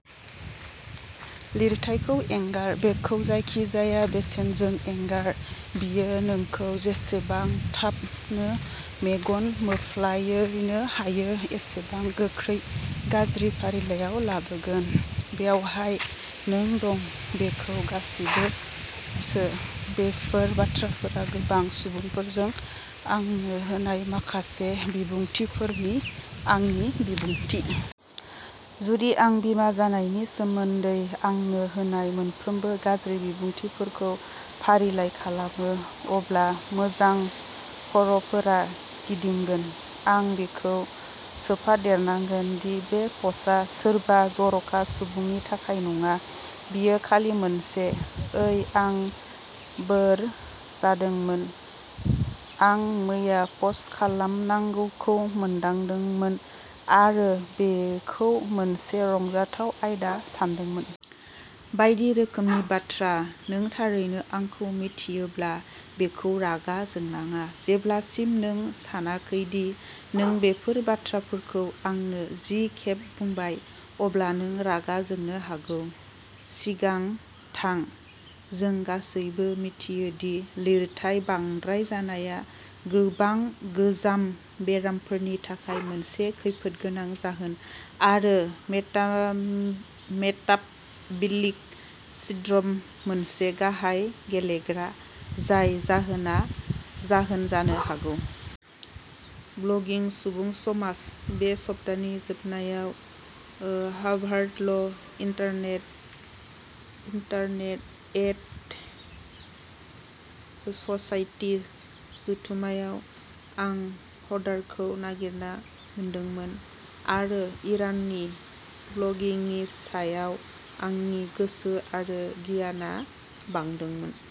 लिरथाइखौ एंगार। बेखौ जायखिजाया बेसेनजों एंगार। बेयो नोंखौ जेसेबां थाब नों मेगन मोफ्लांनो हायो एसेबां गोख्रै गाज्रि फारिलाइआव लाबोगोन। बेवहाय नों दं। बेखौ गासिबो सो। बेफोर बाथ्राफोरा गोबां सुबुंफोरजों आंनो होनाय माखासे बिबुंथिफोरनि आंनि बिबुंथि। जुदि आं बिमा जानायनि सोमोन्दै आंनो होनाय मोनफ्रोमबो गाज्रि बिबुंथिफोरखौ फारिलाइ खालामो, अब्ला मोजांखर'फोरा गिदिंगोन। आं बेखौ सोफादेरनांगोन दि बे पस्टआ सोरबा जर'खा सुबुंनि थाखाय नङा। बेयो खालि मोनसे "ओइ आं बोर जादोंमोन, आं मैया पस्ट खालामनांगौखौ मोनदांदोंमोन, आरो बेखौ मोनसे रंजाथाव आयदा सानदोंमोन। " बायदि रोखोमनि बाथ्रा। नों थारैनो आंखौ मिन्थियोब्ला, बेखौ रागा जोंनाङा। जेब्लासिम नों सानाखै दि नों बेफोर बाथ्राफोरखौ आंनो जि खेब बुंबाय। अब्ला नों रागा जोंनो हागौ। सिगां थां। जों गासैबो मिथियो दि लिरथाइ बांद्राय जानाया गोबां गोजाम बेरामफोरनि थाखाय मोनसे खैफोदगोनां जाहोन, आरो मेटाम मेटाबलिक सिन्ड्रमनि मोनसे गाहाय गेलेग्रा, जाय जाहोन जानो हागौ। ब्लगिं सुबुं समाज। बे सप्तानि जोबनायाव ओ हार्भार्ड ल इन्टारनेट इन्टरनेट एन्ड ससाइटि जथुम्मायाव आं हडारखौ नागिरना मोनदोंमोन आरो इराननि ब्लगिंनि सायाव आंनि गोसो आरो गियानआ बांदोंमोन।